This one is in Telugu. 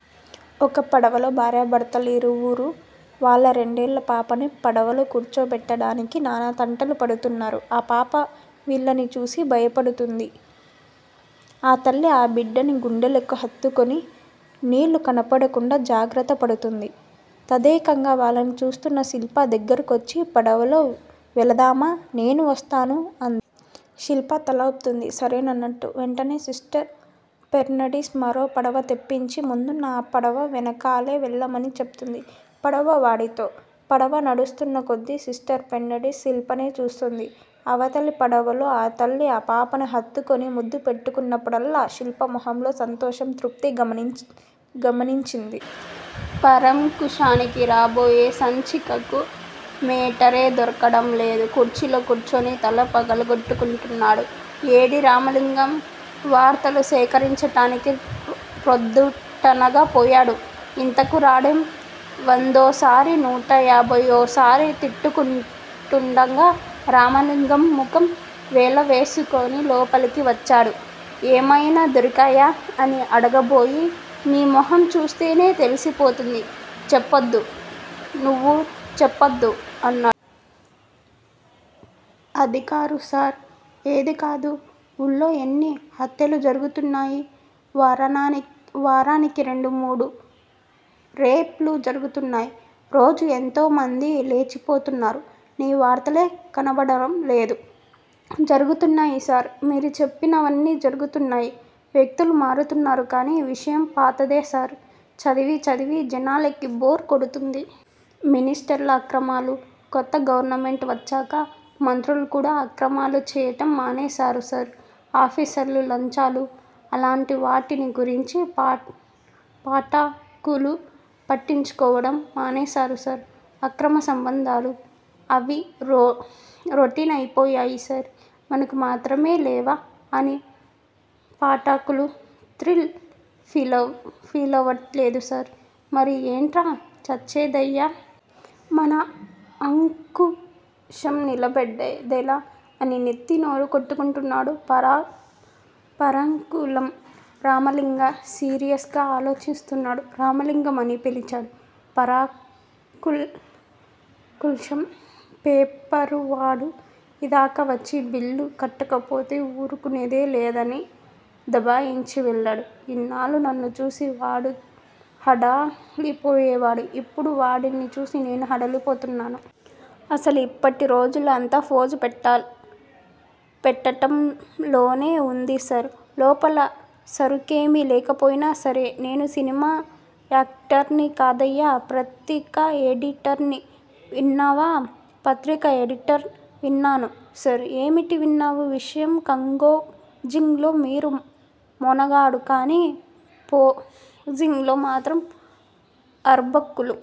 ఒక పడవలో భార్యాభర్తలిరువురూ, వాళ్ళ రెండేళ్ళపాపని పడవలో కూర్చోబెట్టడానికి, నానా తంటాలు పడుతున్నారు. ఆ పాప వీళ్ళని చూసి భయపడుతుంది. ఆ తల్లి ఆ బిడ్డని గుండెలకి హత్తుకుని నీళ్ళు కనబడకుండా జాగ్రత్త పడుతుంది. తదేకంగా వాళ్ళని చూస్తున్న శిల్ప దగ్గరకొచ్చి, 'పడవలో వెళదామా నేనూ వస్తాను' అంది. శిల్ప తలూపింది సరేనన్నట్టు. వెంటనే సిస్టర్ ఫెర్నాండిస్ మరో పడవ తెప్పించి ముందున్న ఆ పడవ వెనకాలే వెళ్ళమని చెప్తుంది పడవ వాడితో. పడవ నడుస్తున్న కొద్దీ సిస్టర్ ఫెర్నాండిస్ శిల్పనే చూస్తోంది. అవతలి పడవలో ఆ తల్లి ఆ పాపని హత్తుకుని ముద్దు పెట్టుకున్నప్పుడల్లా, శిల్ప మొహంలో సంతోషం, తృప్తి గమనించింది. పరాంకుశానికి రాబోయే సంచికకు మేటరే దొరకడంలేదు. కుర్చీలో కూర్చుని తల పగలకొట్టుకుంటున్నాడు. 'ఏడీ రామలింగం! వార్తలు సేకరించటానికి ప్రొద్దుటనగా పోయాడు. ఎంతకూ రాడేం? ' వందోసారో, నూటయాభయ్యోసారో తిట్టుకుంటుండగా రామలింగం ముఖం వేలవ్రేసుకుని లోపలకు వచ్చాడు. ఏమయినా దొరికాయా? అని అడగబోయి నీ మొహంచూస్తేనే తెలిసిపోతుంది చెప్పొద్దు, నువ్వు చెప్పొద్దు అన్నాడు. అదికాదు సర్ ఏదికాదు? ఊళ్ళో ఇన్ని హత్యలు జరుగుతున్నాయి, వారానికి రెండు మూడు రేప్ లు జరుగుతున్నాయి! రోజుకు యెంతోమంది లేచిపోతున్నారు, నీకు వార్తలే కనబడ్డం లేదు? జరుగుతున్నాయి సార్! మీరు చెప్పినవన్నీ జరుగుతున్నాయి. వ్యక్తులు మారుతున్నారు కాని, విషయం పాతదే సార్! చదివీ చదివి జనానికి బోర్ కొడుతుంది. మినిష్టర్ల అక్రమాలు కొత్త గవర్నమెంటు వచ్చాక మంత్రులుకూడా అక్రమాలు చెయ్యటం మానేశారు సర్! ఆఫీసర్ల లంచాలు? అలాంటివాటిని గురించి పాఠకులు పట్టించుకోవటం మానేశారు సార్! అక్రమ సంబంధాలు? అవి రొటీన్ అయిపోయాయి సార్! మనకు మాత్రం లేవా అని పాఠకులు థ్రిల్ ఫీలవటల్లేదు సార్ మరి ఎట్లా చచ్చేదయ్యా? మన అంకుశం నిలబడేదెలా? అని నెత్తీ నోరు కొట్టుకున్నాడు పరాంకుశం. రామలింగం సీరియస్ గా ఆలోచిస్తున్నాడు. రామలింగం అని పిలిచాడు పరాంకుశం. పేపరువాడు యిందాక వచ్చి బిల్లు కట్టకపోతే ఊరుకునేది లేదని దబాయించి వెళ్ళాడు. ఇన్నాళ్ళూ నన్ను చూసి వాదు హడలిపోయేవాడు. ఇప్పుడు వాడ్నిచూసి నేను హడలిపోతున్నాను. అసలు యిప్పటిరోజుల్లో అంతా ఫోజు పెట్టటంలోనే వుంది సార్! లోపల సరుకేమీ లేకపోయినా సరే నేను సినిమా యాక్టర్ని కాదయ్యా! పత్రికా ఎడిటర్ని విన్నావా? పత్రికా ఎడిటర్ని. విన్నాను సార్! ఏమిటి విన్నావు? విషయం కంగోజింగ్ లో మీరు మొనగాడు కాని పోజింగులో మాత్రం అర్భకులు.